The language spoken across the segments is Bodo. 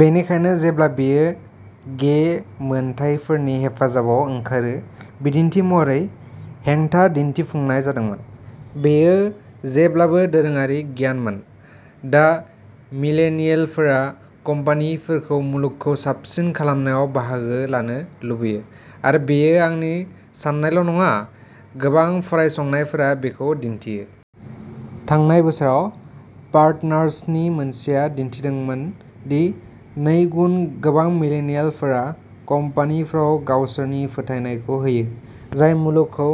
बेनिखायनो जेब्ला बेयो गे मोनथायफोरनि हेफाजाबाव ओंखारो, बिदिन्थि महरै, हेंथा दिन्थिफुंनाय जादोंमोन। बेयो जेब्लाबो दोरोङारि गियानमोन। दा, मिलेनियेलफोरा कम्पानिफोरखौ मुलुगखौ साबसिन खालामनायाव बाहागो लानो लुबैयो। आरो बेयो आंनि साननायल'नङा; गोबां फरायसंनायफोरा बेखौ दिन्थियो। थांनाय बोसोराव पार्टनार्सनि मोनसेया दिन्थिदोंमोन दि नैगुन गोबां मिलेनियेलफोरा कम्पानिफोराव गावसोरनि फोथायनायखौ होयो जाय मुलुगखौ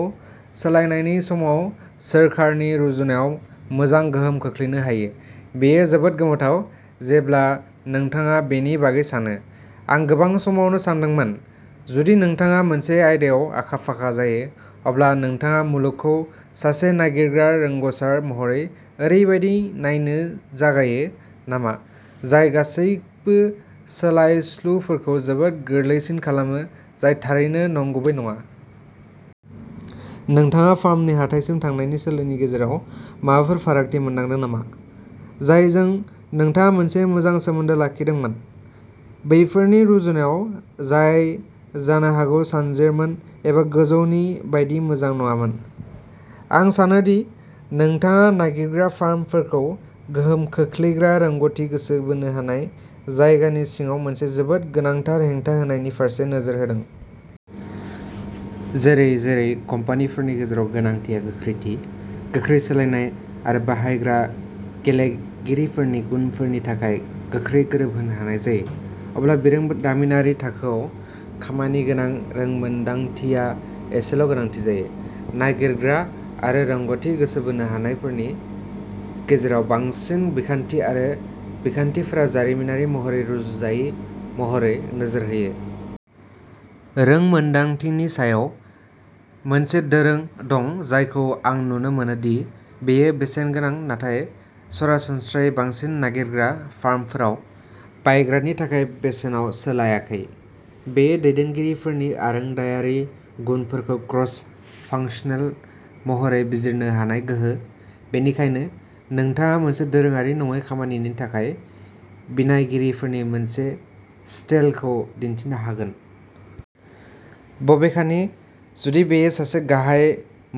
सोलायनायनि सायाव सोरखारनि रुजुनायाव मोजां गोहोम खोख्लैनो हायो। बेयो जोबोद गोमोथाव, जेब्ला नोंथाङा बेनि बागै सानो। आं गोबां समावनो सानदोंमोनः जुदि नोंथाङा मोनसे आयदायाव आखा-फाखा जायो, अब्ला नोंथाङा मुलुगखौ सासे नागिरग्रा रोंग'सार महरै ओरैबायदि नायनो जागायो नामा जाय गासैबो सोलायस्लुफोरखौ जोबोद गोरलैसिन खालामो, जाय थारैनो नंगुबै नङा? नोंथाङा फार्मनि हाथाइसिम थांनायनि सोलोनि गेजेराव माबाफोर फारागथि मोनदांदों नामा, जायजों नोंथाङा मोनसे मोजां सोमोन्दो लाखिदोंमोन? बैफोरनि रुजुनायाव जाय जानो हागौ सानजेरमोन एबा गोजौनि बायदि मोजां नङामोन? आं सानो दि नोंथाङा नागिरग्रा फार्मफोरखौ गोहोम खोख्लैग्रा रोंग'थि गोसो बोनो हानाय जायगानि सिङाव मोनसे जोबोद गोनांथार हेंथा होनायनि फारसे नोजोर होदों। जेरै-जेरै कम्पानिफोरनि गेजेराव गोनांथिआ गोख्रैथि, गोख्रै सोलायनाय आरो बाहायग्रा गेलेगिरिफोरनि गुनफोरनि थाखाय गोख्रै गोरोबहोनो हानाय जायो, अब्ला बिरोंदामिनारि थाखोआव खामानिगोनां रोंमोनदांथिया एसेल'गोनांथि जायो। नागिरग्रा आरो रोंग'थि गोसो बोनो हानायफोरनि गेजेराव बांसिन बिखान्थि आरो बिखान्थिफोरा जारिमिनारि महरै रुजुजायै महरै नोजोर होयो। रोंमोन्दांथिनि सायाव। मोनसे दोरों दं जायखौ आं नुनो मोनो दि बेयो बेसेनगोनां नाथाय सरासनस्रायै बांसिन नागिरग्रा फार्मफोराव बायग्रानि थाखाय बेसेनाव सोलायाखै। बेयो दैदेनगिरिफोरनि आरोंदायारि गुनफोरखौ क्रस-फांसनेल महरै बिजिरनो हानाय गोहो, बेनिखायनो नोंथाङा मोनसे दोरोङारि नङै खामानिनि थाखाय बिनायगिरिफोरनि मोनसे स्लेटखौ दिन्थिनो हागोन। बबेखानि, जुदि बेयो सासे गाहाय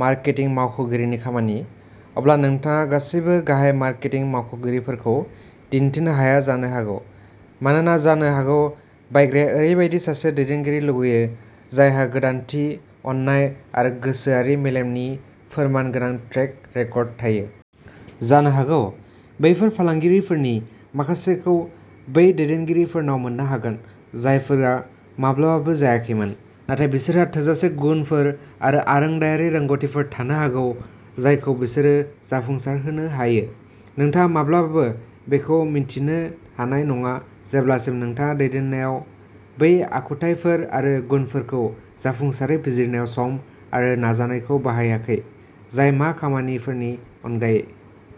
मार्केटिं मावख'गिरिनि खामानि, अब्ला नोंथाङा गासिबो गाहाय मार्केटिं मावख'गिरिफोरखौ दिन्थिनो हाया जानो हागौ। मानोना जानो हागौ बायग्राया ओरैबायदि सासे दैदेनगिरि लुगैयो जायहा गोदानथि, अननाय आरो गोसोआरि मेलेमनि फोरमानगोनां ट्रेक रेकर्ड थायो। जानो हागौ, बैफोर फालांगिफोरनि माखासेखौ बै दैदेनगिरिफोरनाव मोन्नो हागोन जायफोरा माब्लाबाबो जायाखैमोन, नाथाय बिसोरहा थोजासे गुनफोर आरो आरोंदायारि रोंग'थिफोर थानो हागौ जायखौ बिसोरो जाफुंसारहोनो हायो। नोंथाङा माब्लाबाबो बेखौ मिन्थिनो हानाय नङा जेब्लासिम नोंथाङा दैदेननायाव बै आखुथायफोर आरो गुनफोरखौ जाफुंसारै बिजिरनायाव सम आरो नाजानायखौ बाहायाखै जाय मा खामानिफोरनि अनगायै।